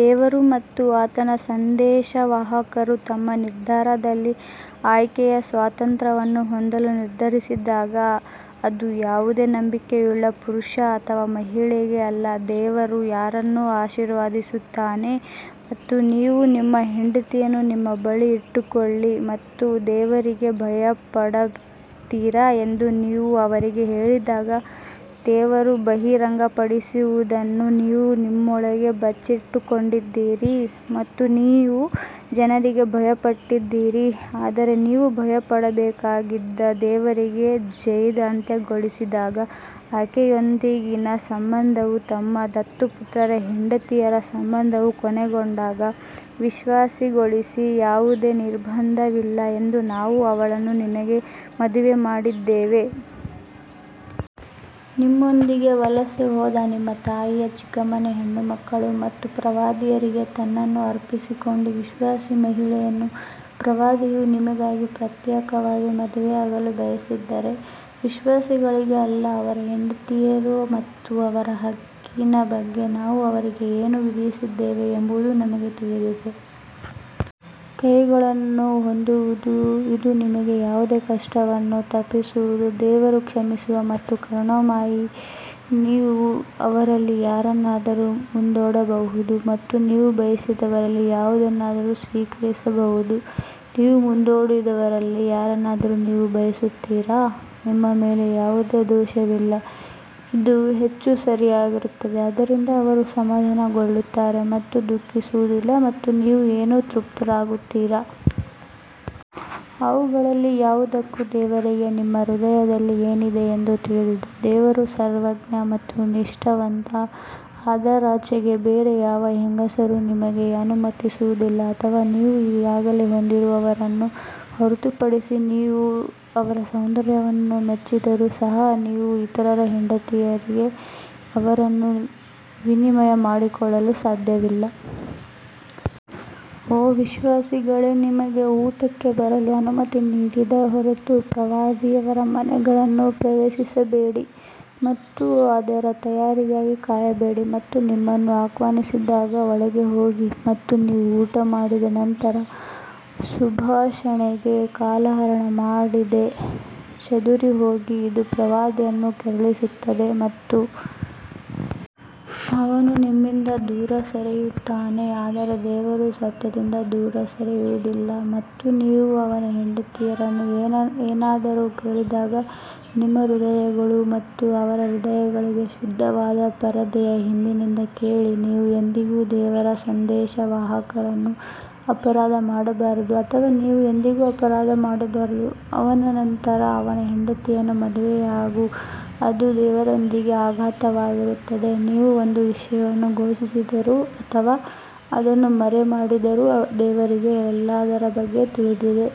ದೇವರು ಮತ್ತು ಆತನ ಸಂದೇಶವಾಹಕರು ತಮ್ಮ ನಿರ್ಧಾರದಲ್ಲಿ ಆಯ್ಕೆಯ ಸ್ವಾತಂತ್ರ್ಯವನ್ನು ಹೊಂದಲು ನಿರ್ಧರಿಸಿದಾಗ ಅದು ಯಾವುದೇ ನಂಬಿಕೆಯುಳ್ಳ ಪುರುಷ ಅಥವಾ ಮಹಿಳೆಗೆ ಅಲ್ಲ ದೇವರು ಯಾರನ್ನು ಆಶೀರ್ವದಿಸಿದ್ದಾನೆ ಮತ್ತು ನೀವು ನಿಮ್ಮ ಹೆಂಡತಿಯನ್ನು ನಿಮ್ಮ ಬಳಿ ಇಟ್ಟುಕೊಳ್ಳಿ ಮತ್ತು ದೇವರಿಗೆ ಭಯಪಡುತ್ತೀರಿ ಎಂದು ನೀವು ಅವರಿಗೆ ಹೇಳಿದಾಗ ದೇವರು ಬಹಿರಂಗಪಡಿಸುವದನ್ನು ನೀವು ನಿಮ್ಮೊಳಗೆ ಬಚ್ಚಿಟ್ಟುಕೊಂಡಿದ್ದೀರಿ ಮತ್ತು ನೀವು ಜನರಿಗೆ ಭಯಪಟ್ಟಿದ್ದೀರಿ ಆದರೆ ನೀವು ಭಯಪಡಬೇಕಾಗಿದ್ದ ದೇವರಿಗೆ ಜೈದ್ ಅಂತ್ಯಗೊಳಿಸಿದಾಗ ಆಕೆಯೊಂದಿಗಿನ ಸಂಬಂಧವು ತಮ್ಮ ದತ್ತುಪುತ್ರರ ಹೆಂಡತಿಯರ ಸಂಬಂಧವು ಕೊನೆಗೊಂಡಾಗ ವಿಶ್ವಾಸಿಗಳಿಗೆ ಯಾವುದೇ ನಿರ್ಬಂಧವಿಲ್ಲ ಎಂದು ನಾವು ಅವಳನ್ನು ನಿಮಗೆ ಮದುವೆ ಮಾಡಿದ್ದೇವೆ. ನಿಮ್ಮೊಂದಿಗೆ ವಲಸೆ ಹೋದ ನಿಮ್ಮ ತಾಯಿಯ ಚಿಕ್ಕಮ್ಮನ ಹೆಣ್ಣುಮಕ್ಕಳು ಮತ್ತು ಪ್ರವಾದಿಯವರಿಗೆ ತನ್ನನ್ನು ಅರ್ಪಿಸಿಕೊಂಡ ವಿಶ್ವಾಸಿ ಮಹಿಳೆಯನ್ನು ಪ್ರವಾದಿಯು ನಿಮಗಾಗಿ ಪ್ರತ್ಯೇಕವಾಗಿ ಮದುವೆಯಾಗಲು ಬಯಸಿದರೆ, ವಿಶ್ವಾಸಿಗಳಿಗಾಗಿ ಅಲ್ಲ, ಅವರ ಹೆಂಡತಿಯರು ಮತ್ತು ಅವರ ಹಕ್ಕಿನ ಬಗ್ಗೆ ನಾವು ಅವರಿಗೆ ಏನು ವಿಧಿಸಿದ್ದೇವೆ ಎಂಬುದು ನಮಗೆ ತಿಳಿದಿದೆ. ಕೈಗಳನ್ನು ಹೊಂದುವುದು ಇದು ನಿಮಗೆ ಯಾವುದೇ ಕಷ್ಟವನ್ನು ತಪ್ಪಿಸುವುದು ದೇವರು ಕ್ಷಮಿಸುವ ಮತ್ತು ಕರುಣಾಮಯಿ ನೀವು ಅವರಲ್ಲಿ ಯಾರನ್ನಾದರೂ ಮುಂದೂಡಬಹುದು ಮತ್ತು ನೀವು ಬಯಸಿದವರಲ್ಲಿ ಯಾವುದನ್ನಾದರೂ ಸ್ವೀಕರಿಸಬಹುದು, ನೀವು ಮುಂದೂಡಿದವರಲ್ಲಿ ಯಾರನ್ನಾದರೂ ನೀವು ಬಯಸುತ್ತೀರಾ, ನಿಮ್ಮ ಮೇಲೆ ಯಾವುದೇ ದೋಷವಿಲ್ಲ, ಇದು ಹೆಚ್ಚು ಸರಿಯಾಗಿರುತ್ತದೆ ಆದ್ದರಿಂದ ಅವರು ಸಮಾಧಾನಗೊಳ್ಳುತ್ತಾರೆ ಮತ್ತು ದುಃಖಿಸುವುದಿಲ್ಲ ಮತ್ತು ನೀವು ಏನು ತೃಪ್ತರಾಗುತ್ತೀರಿ. ಅವುಗಳಲ್ಲಿ ಪ್ರತಿಯೊಂದಕ್ಕೂ ದೇವರಿಗೆ ನಿಮ್ಮ ಹೃದಯದಲ್ಲಿ ಏನಿದೆ ಎಂದು ತಿಳಿದಿದೆ, ದೇವರು ಸರ್ವಜ್ಞ ಮತ್ತು ನಿಷ್ಠಾವಂತ ಅದರಾಚೆಗೆ ಬೇರೆ ಯಾವ ಹೆಂಗಸರೂ ನಿಮಗೆ ಅನುಮತಿಸುವುದಿಲ್ಲ ಅಥವಾ ನೀವು ಈಗಾಗಲೇ ಹೊಂದಿರುವವರನ್ನು ಹೊರತುಪಡಿಸಿ ನೀವು ಅವರ ಸೌಂದರ್ಯವನ್ನು ಮೆಚ್ಚಿದರೂ ಸಹ ನೀವು ಇತರ ಹೆಂಡತಿಯರಿಗೆ ಅವರನ್ನು ವಿನಿಮಯ ಮಾಡಿಕೊಳ್ಳಲು ಸಾಧ್ಯವಿಲ್ಲ. ಓ ವಿಶ್ವಾಸಿಗಳೇ ನಿಮಗೆ ಊಟಕ್ಕೆ ಬರಲು ಅನುಮತಿ ನೀಡದ ಹೊರತು ಪ್ರವಾದಿಯವರ ಮನೆಗಳನ್ನು ಪ್ರವೇಶಿಸಬೇಡಿ ಮತ್ತು ಅದರ ತಯಾರಿಗಾಗಿ ಕಾಯಬೇಡಿ ಮತ್ತು ನಿಮ್ಮನ್ನು ಆಹ್ವಾನಿಸಿದಾಗ ಒಳಗೆ ಹೋಗಿ ಮತ್ತು ನೀವು ಊಟ ಮಾಡಿದ ನಂತರ ಸಂಭಾಷಣೆಗೆ ಕಾಲಹರಣ ಮಾಡದೆ ಚದುರಿಹೋಗಿ ಇದು ಪ್ರವಾದಿಯನ್ನು ಕೆರಳಿಸುತ್ತದೆ. ಮತ್ತು ಅವನು ನಿಮ್ಮಿಂದ ದೂರ ಸರಿಯುತ್ತಾನೆ ಆದರೆ ದೇವರು ಸತ್ಯದಿಂದ ದೂರ ಸರಿಯುವುದಿಲ್ಲ ಮತ್ತು ನೀವು ಅವನ ಹೆಂಡತಿಯರನ್ನು ಏನನ್ನಾದರೂ ಕೇಳಿದಾಗ ನಿಮ್ಮ ಹೃದಯಗಳು ಮತ್ತು ಅವರ ಹೃದಯಗಳಿಗೆ ಶುದ್ಧವಾದ ಪರದೆಯ ಹಿಂದಿನಿಂದ ಕೇಳಿ, ನೀವು ಎಂದಿಗೂ ದೇವರ ಸಂದೇಶವಾಹಕರನ್ನು ಅಪರಾಧ ಮಾಡಬಾರದು ಅಥವಾ ನೀವು ಎಂದಿಗೂ ಅಪರಾಧ ಮಾಡಬಾರದು ಅವನ ನಂತರ ಅವನ ಹೆಂಡತಿಯರನ್ನು ಮದುವೆಯಾಗು ಅದು ದೇವರೊಂದಿಗೆ ಅಗಾಧವಾಗಿರುತ್ತದೆ ನೀವು ಒಂದು ವಿಷಯವನ್ನು ಘೋಷಿಸಿದರೂ ಅಥವಾ ಅದನ್ನು ಮರೆಮಾಡಿದರೂ ದೇವರಿಗೆ ಎಲ್ಲದರ ಬಗ್ಗೆ ತಿಳಿದಿದೆ.